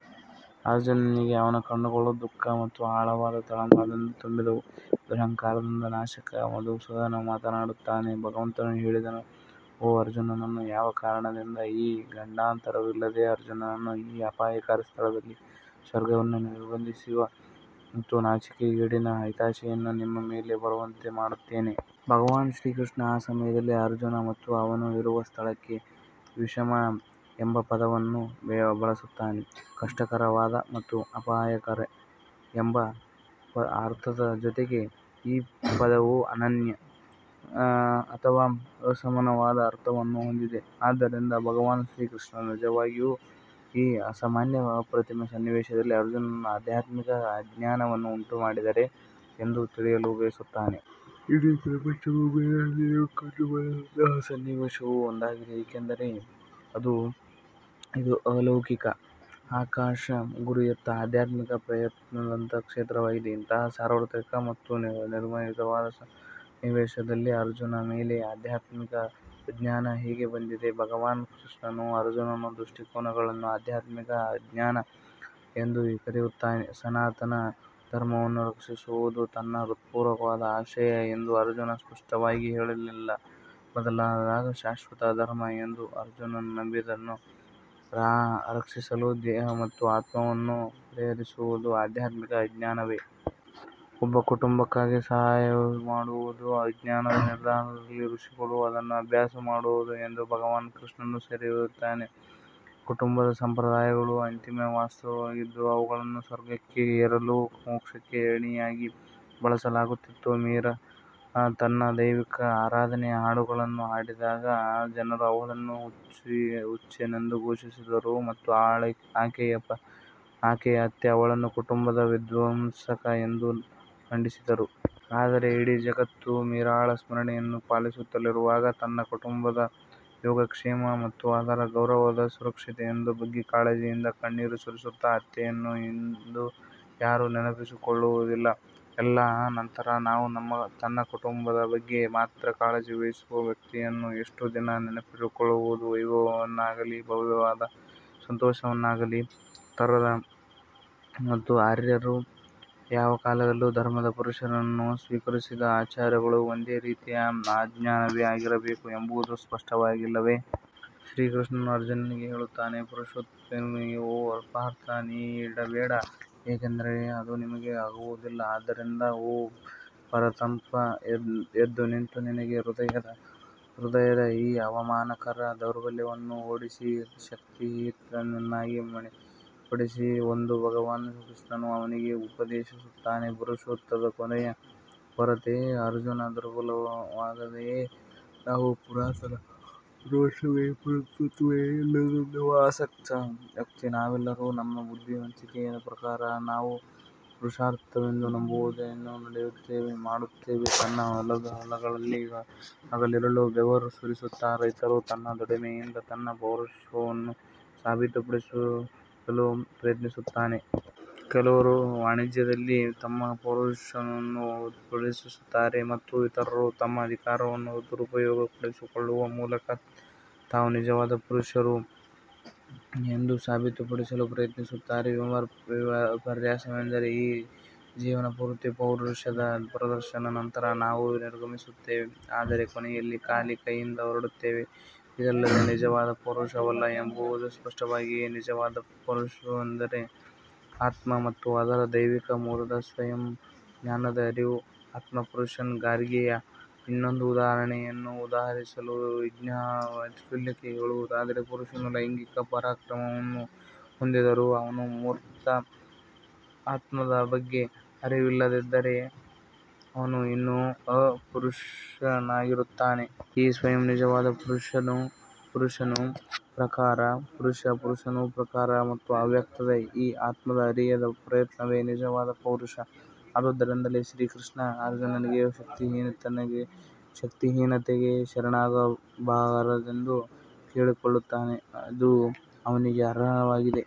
ಅರ್ಜುನನಿಗೆ ಅವನ ಕಣ್ಣುಗಳು ದುಃಖ ಮತ್ತು ಆಳವಾದ ತಳಮಳದಿಂದ ತುಂಬಿದ್ದವು, ದುರಹಂಕಾರದ ನಾಶಕ ಮಧುಸೂದನ್ ಮಾತನಾಡುತ್ತಾನೆ. ಭಗವಂತನು ಹೇಳಿದನು ಓ ಅರ್ಜುನನು ಯಾವ ಕಾರಣದಿಂದ ಈ ಗಂಡಾಂತರವಿಲ್ಲದ ಅರ್ಜುನನು ಈ ಅಪಾಯಕಾರಿ ಸ್ಥಳದಲ್ಲಿ ಸ್ವರ್ಗವನ್ನು ನಿರ್ಬಂಧಿಸುವ ಮತ್ತು ನಾಚಿಕೆಗೇಡಿನ ಹತಾಶೆಯನ್ನು ನಿಮ್ಮ ಮೇಲೆ ಬರುವಂತೆ ಮಾಡುತ್ತಾನೆ ಭಗವಾನ್ ಕೃಷ್ಣನು ಆ ಸಮಯದಲ್ಲಿ ಅರ್ಜುನ್ ಮತ್ತು ಅವನು ಇರುವ ಸ್ಥಳಕ್ಕೆ ವಿಷಮ್ ಎಂಬ ಪದವನ್ನು ಬಳಸುತ್ತಾನೆ ಕಷ್ಟಕರವಾದ ಅಥವಾ ಅಪಾಯಕಾರಿ ಎಂಬ ಅರ್ಥದ ಜೊತೆಗೆ ಈ ಪದವು ಅನನ್ಯ ಅಥವಾ ಅಸಮಾನವಾದ ಅರ್ಥವನ್ನು ಹೊಂದಿದೆ ಆದ್ದರಿಂದ ಭಗವಾನ್ ಕೃಷ್ಣನು ನಿಜವಾಗಿಯೂ ಈ ಅಸಾಮಾನ್ಯ ಅಪ್ರತಿಮ ಸನ್ನಿವೇಶದಲ್ಲಿ ಅರ್ಜುನನಲ್ಲಿ ಆಧ್ಯಾತ್ಮಿಕ ಅಜ್ಞಾನವನ್ನು ಉಂಟುಮಾಡಿದೆ ಎಂದು ತಿಳಿಯಲು ಬಯಸುತ್ತಾನೆ. ಇಡೀ ಪ್ರಪಂಚದಲ್ಲಿ ಬೇರೆಲ್ಲಿಯೂ ಕಂಡುಬರದಂತಹ ಸನ್ನಿವೇಶವು ಒಂದಾಗಿದೆ ಏಕೆಂದರೆ ಇದು ಅಲೌಕಿಕ ಆಕಾಶ ಗುರಿಯತ್ತ ಆಧ್ಯಾತ್ಮಿಕ ಪ್ರಯತ್ನದ ಕ್ಷೇತ್ರವಾಗಿದೆ. ಇಂತಹ ಸಾರ್ವತ್ರಿಕ ಮತ್ತು ನಿರ್ವಿವಾದದ ಸನ್ನಿವೇಶದಲ್ಲಿ ಅರ್ಜುನ್ನ ಮೇಲೆ ಆಧ್ಯಾತ್ಮಿಕ ಅಜ್ಞಾನ ಹೇಗೆ ಬಂದಿದೆ ಭಗವಾನ್ ಕೃಷ್ಣನು ಅರ್ಜುನನ ದೃಷ್ಟಿಕೋನಗಳನ್ನು ಆಧ್ಯಾತ್ಮಿಕ ಅಜ್ಞಾನ ಎಂದು ಏಕೆ ಕರೆಯುತ್ತಾನೆ ಸನಾತನ ಧರ್ಮವನ್ನು ರಕ್ಷಿಸುವುದು ತನ್ನ ಹೃತ್ಪೂರ್ವಕ ಆಶಯ ಎಂದು ಅರ್ಜುನ್ ಸ್ಪಷ್ಟವಾಗಿ ಹೇಳಿಲ್ಲ ಬದಲಾಗದ ಶಾಶ್ವತ ಧರ್ಮ ಎಂದು ಅರ್ಜುನ್ ನಂಬಿದ್ದನ್ನು ರಕ್ಷಿಸಲು ದೇಹ ಮತ್ತು ಆತ್ಮವನ್ನು ಪರಿಹರಿಸುವುದು ಆಧ್ಯಾತ್ಮಿಕ ಅಜ್ಞಾನವೇ? ಒಬ್ಬ ಕುಟುಂಬಕ್ಕಾಗಿ ಸಾಯುವುದು ಅಜ್ಞಾನದ ನಿದರ್ಶನವಲ್ಲದಿದ್ದರೆ ಋಷಿಗಳು ಅದನ್ನು ಅಭ್ಯಾಸ ಮಾಡುತ್ತಿದ್ದರು ಎಂದು ಭಗವಾನ್ ಕೃಷ್ಣನು ಸೇರಿಸುತ್ತಾನೆ. ಕುಟುಂಬದ ಸಂಪ್ರದಾಯಗಳು ಅಂತಿಮ ವಾಸ್ತವವಾಗಿದ್ದರೆ ಅವುಗಳನ್ನು ಸ್ವರ್ಗಕ್ಕೆ ಏರಲು ಮತ್ತು ಮೋಕ್ಷಕ್ಕೆ ಏಣಿಯಾಗಿ ಬಳಸಲಾಗುತ್ತಿತ್ತು ಮೀರಾ ತನ್ನ ದೈವಿಕ ಆರಾಧನೆಯ ಹಾಡುಗಳನ್ನು ಹಾಡಿದಾಗ ಜನರು ಅವಳನ್ನು ಹುಚ್ಚನೆಂದು ಘೋಷಿಸಿದರು ಮತ್ತು ಆಕೆಯ ಅತ್ತೆ ಅವಳನ್ನು ಕುಟುಂಬದ ವಿಧ್ವಂಸಕ ಎಂದು ಖಂಡಿಸಿದರು. ಆದರೆ ಇಡೀ ಜಗತ್ತು ಮೀರಾಳ ಸ್ಮರಣೆಯನ್ನು ಪಾಲಿಸುತ್ತಿರುವಾಗ ತನ್ನ ಕುಟುಂಬದ ಯೋಗಕ್ಷೇಮ ಮತ್ತು ಅದರ ಗೌರವದ ಸುರಕ್ಷತೆಯ ಬಗ್ಗೆ ಕಾಳಜಿಯಿಂದ ಕಣ್ಣೀರು ಸುರಿಸುತ್ತಿರುವ ಅತ್ತೆಯನ್ನು ಇಂದು ಯಾರೂ ನೆನಪಿಸಿಕೊಳ್ಳುವುದಿಲ್ಲ. ಎಲ್ಲಾ ನಂತರ ನಾವು ತನ್ನ ಕುಟುಂಬದ ಬಗ್ಗೆ ಮಾತ್ರ ಕಾಳಜಿ ವಹಿಸುವ ವ್ಯಕ್ತಿಯನ್ನು ಎಷ್ಟು ದಿನ ನೆನಪಿಸಿಕೊಳ್ಳಬಹುದು ವೈಭವವನ್ನಾಗಲಿ, ಭವ್ಯವಾದ ಸಂತೋಷವನ್ನಾಗಲಿ ತರದ ಮತ್ತು ಆರ್ಯರು ಯಾವ ಕಾಲದಲ್ಲೂ ಧರ್ಮದ ಪುರುಷನನ್ನು ಸ್ವೀಕರಿಸದ ಆಚಾರಗಳು ಒಂದು ರೀತಿಯ ಅಜ್ಞಾನವೇ ಆಗಿರಬೇಕು ಎಂಬುದು ಸ್ಪಷ್ಟವಾಗಿಲ್ಲವೇ? ಶ್ರೀಕೃಷ್ಣನು ಅರ್ಜುನನಿಗೆ ಹೇಳುತ್ತಾನೆ ಪುರುಷತ್ವಹೀನತೆಗೆ ಓ ಪಾರ್ಥ್ ನೀಡಬೇಡಿ ಏಕೆಂದರೆ ಅದು ನಿಮಗೆ ಆಗುವುದಿಲ್ಲ ಆದ್ದರಿಂದ ಓ ಪರಂತಪ್ ಎದ್ದುನಿಂತು ನಿನ್ನ ಹೃದಯದ ಈ ಅವಮಾನಕರ ದೌರ್ಬಲ್ಯವನ್ನು ಓಡಿಸಿ ಶಕ್ತಿಹೀನತೆಗೆ ಮಣಿಯಬೇಡಿ ಎಂದು ಭಗವಾನ್ ಕೃಷ್ಣನು ಅರ್ಜುನನಿಗೆ ಉಪದೇಶಿಸುತ್ತಾನೆ ಪುರುಷತ್ವದ ಕೊರತೆ ಅರ್ಜುನ್ ದುರ್ಬಲವಾಗಿದೆಯೇ ನಾವು ಪುರಾತನ ಪುರುಷರೇ ಪುರುಷತ್ವ ಇಲ್ಲದವನೇ ಅಶಕ್ತ ವ್ಯಕ್ತಿ ನಾವೆಲ್ಲರೂ ನಮ್ಮ ಬುದ್ಧಿವಂತಿಕೆಯ ಪ್ರಕಾರ ನಾವು ಪುರುಷಾರ್ಥವೆಂದು ನಂಬುವದನ್ನು ಮಾಡುತ್ತೇವೆ ತನ್ನ ಹೊಲಗಳಲ್ಲಿ ಹಗಲಿರುಳು ಬೆವರು ಸುರಿಸುತ್ತಿರುವ ರೈತನು ತನ್ನ ದುಡಿಮೆಯಿಂದ ತನ್ನ ಪೌರುಷವನ್ನು ಸಾಬೀತುಪಡಿಸಲು ಪ್ರಯತ್ನಿಸುತ್ತಾನೆ. ಕೆಲವರು ವಾಣಿಜ್ಯದಲ್ಲಿ ತಮ್ಮ ಪೌರುಷವನ್ನು ಪ್ರದರ್ಶಿಸುತ್ತಾರೆ ಮತ್ತು ಇತರರು ತಮ್ಮ ಅಧಿಕಾರವನ್ನು ದುರುಪಯೋಗಪಡಿಸಿಕೊಳ್ಳುವ ಮೂಲಕ ತಾವು ನಿಜವಾದ ಪುರುಷರು ಎಂದು ಸಾಬೀತುಪಡಿಸಲು ಪ್ರಯತ್ನಿಸುತ್ತಾರೆ. ವಿಪರ್ಯಾಸವೆಂದರೆ ಈ ಜೀವನಪೂರ್ತಿ ಪೌರುಷದ ಪ್ರದರ್ಶನದ ನಂತರವೂ ನಾವು ನಿರ್ಗಮಿಸುತ್ತೇವೆ ಆದರೆ ಕೊನೆಯಲ್ಲಿ ಖಾಲಿ ಕೈಯಿಂದ ಹೊರಡುತ್ತೇವೆ ಇದೆಲ್ಲವೂ ನಿಜವಾದ ಪೌರುಷವಲ್ಲ ಎಂಬುದು ಸ್ಪಷ್ಟವಾಗಿಲ್ಲವೇ ನಿಜವಾದ ಪುರುಷತ್ವವೆಂದರೆ ಆತ್ಮ ಮತ್ತು ಅದರ ದೈವಿಕ ಮೂಲದ ಸ್ವಯಂ ಜ್ಞಾನದ ಅರಿವು ಆತ್ಮಪುರನ್ ಗಾರ್ಗಿಯ ಇನ್ನೊಂದು ಉದಾಹರಣೆಯನ್ನು ಉದಾಹರಿಸಲು ಯಾಜ್ಞವಲ್ಕ್ಯನಿಗೆ ಹೇಳುವುದಾದರೆ, ಪುರುಷನು ಲೈಂಗಿಕ ಪರಾಕ್ರಮವನ್ನು ಹೊಂದಿದ್ದರೂ ಅವನು ಮೂರ್ತ ಆತ್ಮದ ಬಗ್ಗೆ ಅರಿವಿಲ್ಲದಿದ್ದರೆ ಅವನು ಇನ್ನೂ ಅಪುರುಷನಾಗಿರುತ್ತಾನೆ. ಈ ಸ್ವಯಂ ನಿಜವಾದ ಪುರುಷ ಪುರುಷನು ಪ್ರಕಾಶಮಾನ ಮತ್ತು ಅವ್ಯಕ್ತ ಈ ಆತ್ಮವನ್ನು ಅರಿಯುವ ಪ್ರಯತ್ನವೇ ನಿಜವಾದ ಪೌರುಷ ಆದುದರಿಂದಲೇ ಶ್ರೀಕೃಷ್ಣನು ಅರ್ಜುನನಿಗೆ ಶಕ್ತಿಹೀನತೆಗೆ ಶರಣಾಗಬಾರದೆಂದು ಕೇಳಿಕೊಳ್ಳುತ್ತಾನೆ ಇದು ಅವನಿಗೆ ಅನರ್ಹವಾಗಿದೆ.